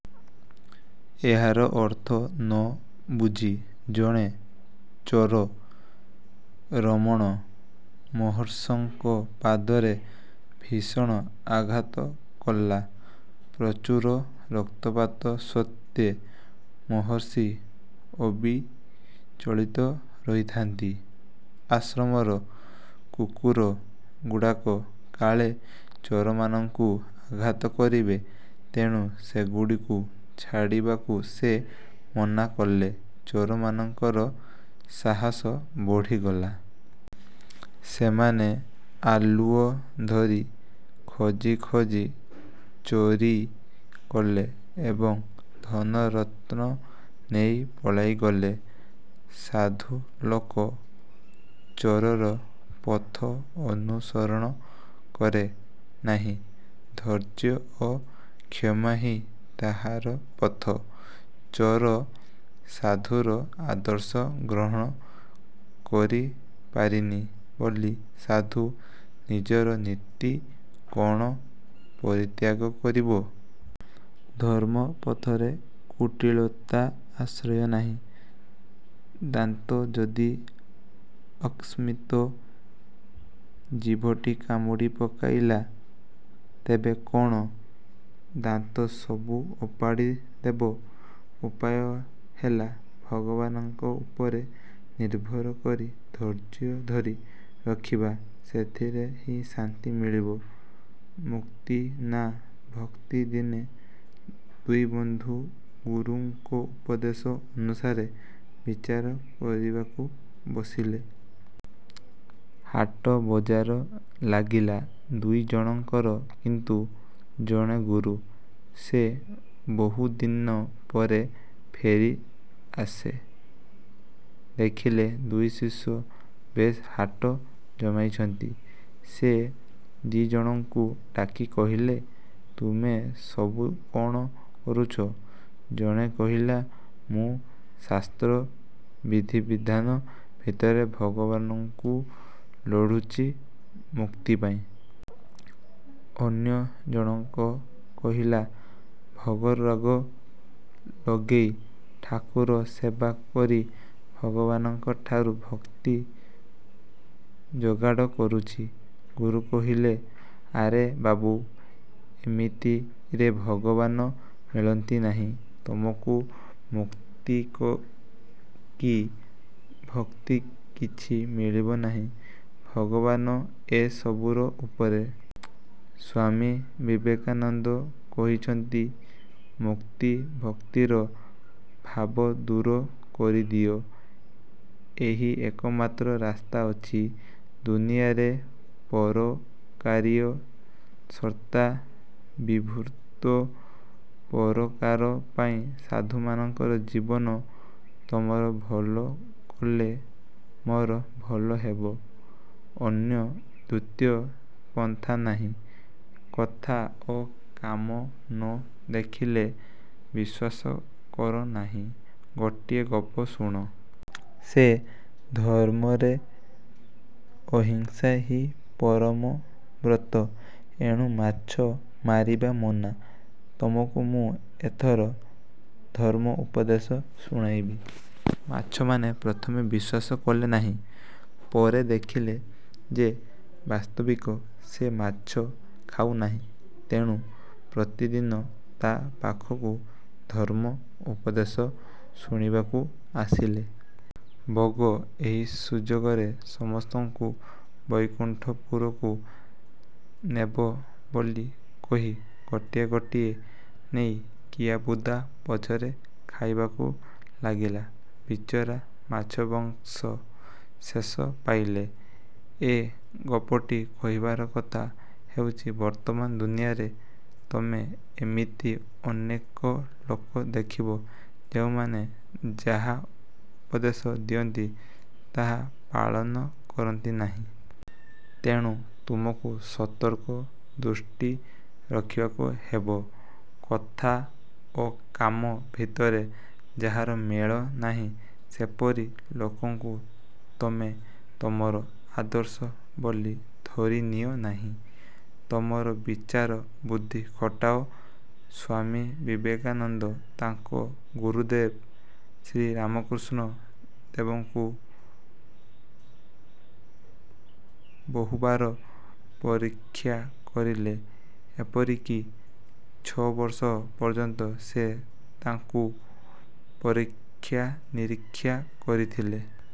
ଏହାର ଅର୍ଥ ନ ବୁଝି ଜଣେ ଚୋର ରମଣ ମହର୍ଷିଙ୍କ ପାଦରେ ଭୀଷଣ ଆଘାତ କଲା। ପ୍ରଚୁର ରକ୍ତପାତ ସତ୍ତ୍ୱେ ମହର୍ଷି ଅବିଚଳିତ ରହିଥାନ୍ତି। ଆଶ୍ରମର କୁକୁରଗୁଡ଼ାକ କାଳେ ଚୋରମାନଙ୍କୁ ଆଘାତ କରିବେ ତେଣୁ ସେଗୁଡ଼ିକୁ ଛାଡ଼ିବାକୁ ସେ ମନା କଲେ। ଚୋରମାନଙ୍କର ସାହସ ବଢ଼ିଗଲା। ସେମାନେ ଆଲୁଅ ଧରି ଖୋଜି ଖୋଜି ଚୋରି କଲେ ଏବଂ ଧନରତ୍ନ ନେଇ ପଳାଇଗଲେ। ସାଧୁଲୋକ ଚୋରର ପଥ ଅନୁସରଣ କରେ ନାହିଁ। ଧୈର୍ଯ୍ୟ ଓ କ୍ଷମାହିଁ ତାହାର ପଥ। ଚୋର ସାଧୁର ଆଦର୍ଶ ଗ୍ରହଣ କରିପାରିନି ବୋଲି ସାଧୁ ନିଜର ନୀତି କ'ଣ ପରିତ୍ୟାଗ କରିବ? ଧର୍ମପଥରେ କୁଟିଳତାର ଆଶ୍ରୟ ନାହିଁ। ଦାନ୍ତ ଯଦି ଅକସ୍ମାତ୍ ଜିଭଟି କାମୁଡ଼ି ପକାଇଲା, ତେବେ କଣ ଦାନ୍ତସବୁ ଓପାଡ଼ି ଦେବ? ଉପାୟ ହେଲା ଭଗବାନଙ୍କ ଉପରେ ନିର୍ଭର କରି ଧୈର୍ଯ୍ୟ ଧରି ରହିବା। ସେଥିରେ ହିଁ ଶାନ୍ତି ମିଳିବ। '' ମୁକ୍ତି ନା ଭକ୍ତି ଦିନେ ଦୁଇବନ୍ଧୁ ଗୁରୁଙ୍କ ଉପଦେଶ ଅନୁସାରେ ବିଚାର କରିବାକୁ ବସିଲେ। ହାଟ ବଜାର ଲାଗିଗଲା। ଦୁଇଜଣଙ୍କର କିନ୍ତୁ ଜଣେ ଗୁରୁ। ସେ ବହୁଦିନ ପରେ ଫେରିଆସି ଦେଖିଲେ, ଦୁଇଶିଷ୍ୟ ବେଶ୍ ହାଟ ଜମାଇଛନ୍ତି। ସେ ଦିଜଣଙ୍କୁ ଡାକି କହିଲେ, ତମେ ସବୁ କ'ଣ କରୁଛ? ଜଣେ କହିଲା, ''ମୁଁ ଶାସ୍ତ୍ର ବିଧିବିଧାନ ଭିତରେ ଭଗବାନଙ୍କୁ ଲୋଡ଼ୁଛି ମୁକ୍ତି ପାଇଁ। '' ଅନ୍ୟ ଜଣକ କହିଲା, ''ଭୋଗରାଗ ଲଗେଇ ଠାକୁର ସେବା କରି ଭଗବାନଙ୍କଠାରୁ ଭକ୍ତି ଯୋଗାଡ଼ କରୁଛି। '' ଗୁରୁ କହିଲେ, ''ଆରେ ବାବୁ, ଏମିତିରେ ଭଗବାନ ମିଳନ୍ତି ନାହିଁ। ତମକୁ ମୁକ୍ତି କି ଭକ୍ତି କିଛି ମିଳିବ ନାହିଁ। ଭଗବାନ ଏ ସବୁର ଉପରେ। '' ସ୍ୱାମୀ ବିବେକାନନ୍ଦ କହିଛନ୍ତି—ମୁକ୍ତି ଭକ୍ତିର ଭାବ ଦୂର କରିଦିଅ। ଏହି ଏକମାତ୍ର ରାସ୍ତା ଅଛି ଦୁନିଆରେ—ପରୋପକାରାୟ ସତାଂ ବିଭୂତିଃ। ପରୋପକାର ପାଇଁ ସାଧୁମାନଙ୍କର ଜୀବନ। ତମର ଭଲ କଲେ ମୋର ଭଲ ହେବ। ଅନ୍ୟ ଦ୍ୱିତୀୟ ପନ୍ଥା ନାହିଁ। କଥା ଓ କାମ ନ ଦେଖିଲେ ବିଶ୍ୱାସ କର ନାହିଁ ଗୋଟିଏ ଗପ ଶୁଣ। ସେ ଧର୍ମରେ ଅହିଂସା ହିଁ ପରମ ବ୍ରତ-। ଏଣୁ ମାଛ ମାରିବା ମନା। ତମକୁ ମୁଁ ଏଥର ଧର୍ମ ଉପଦେଶ ଶୁଣାଇବି। '' ମାଛମାନେ ପ୍ରଥମେ ବିଶ୍ୱାସ କଲେ ନାହିଁ। ପରେ ଦେଖିଲେ ଯେ ବାସ୍ତବିକ ସେ ମାଛ ଖାଉନାହିଁ। ତେଣୁ ପ୍ରତିଦିନ ତା' ପାଖକୁ ଧର୍ମ ଉପଦେଶ ଶୁଣିବାକୁ ଆସିଲେ। ବଗ। ଏହି ସୁଯୋଗରେ ସମସ୍ତଙ୍କୁ ବୈକୁଣ୍ଠପୁରକୁ ନେବ ବୋଲି କହି ଗୋଟି ଗୋଟି ନେଇ କିଆବୁଦା ପଛରେ ଖାଇବାକୁ ଲାଗିଲା। ବିଚରା ମାଛବଂଶ ଶେଷ ପାଇଲେ। ଏ ଗପଟି କହିବାର କଥା ହେଉଛି—ବର୍ତ୍ତମାନ ଦୁନିଆଁରେ ତମେ ଇମିତି ଅନେକ ଲୋକ ଦେଖିବ, ଯେଉଁମାନେ ଯାହା ଉପଦେଶ ଦିଅନ୍ତି ତାହା ପାଳନ କରନ୍ତି ନାହିଁ। ତେଣୁ ତମକୁ ସତର୍କ ଦୃଷ୍ଟି ରଖିବାକୁ ହେବ। କଥା ଓ କାମ ଭିତରେ ଯାହାର ମେଳ ନାହିଁ, ସେପରି ଲୋକଙ୍କୁ ତମେ ତମର ଆଦର୍ଶ ବୋଲି ଧରି ନିଅ ନାହିଁ। ତମର ବିଚାର ବୁଦ୍ଧି ଖଟାଅ। ସ୍ୱାମୀ ବିବେକାନନ୍ଦ ତାଙ୍କ ଗୁରୁଦେବ ଶ୍ରୀରାମକୃଷ୍ଣ ଦେବଙ୍କୁ ବହୁବାର ପରୀକ୍ଷା କରିଥିଲେ; ଏପରିକି ଛଅବର୍ଷ ପର୍ଯ୍ୟନ୍ତ ସେ ତାଙ୍କୁ ପରୀକ୍ଷା ନିରୀକ୍ଷା କରିଥିଲେ।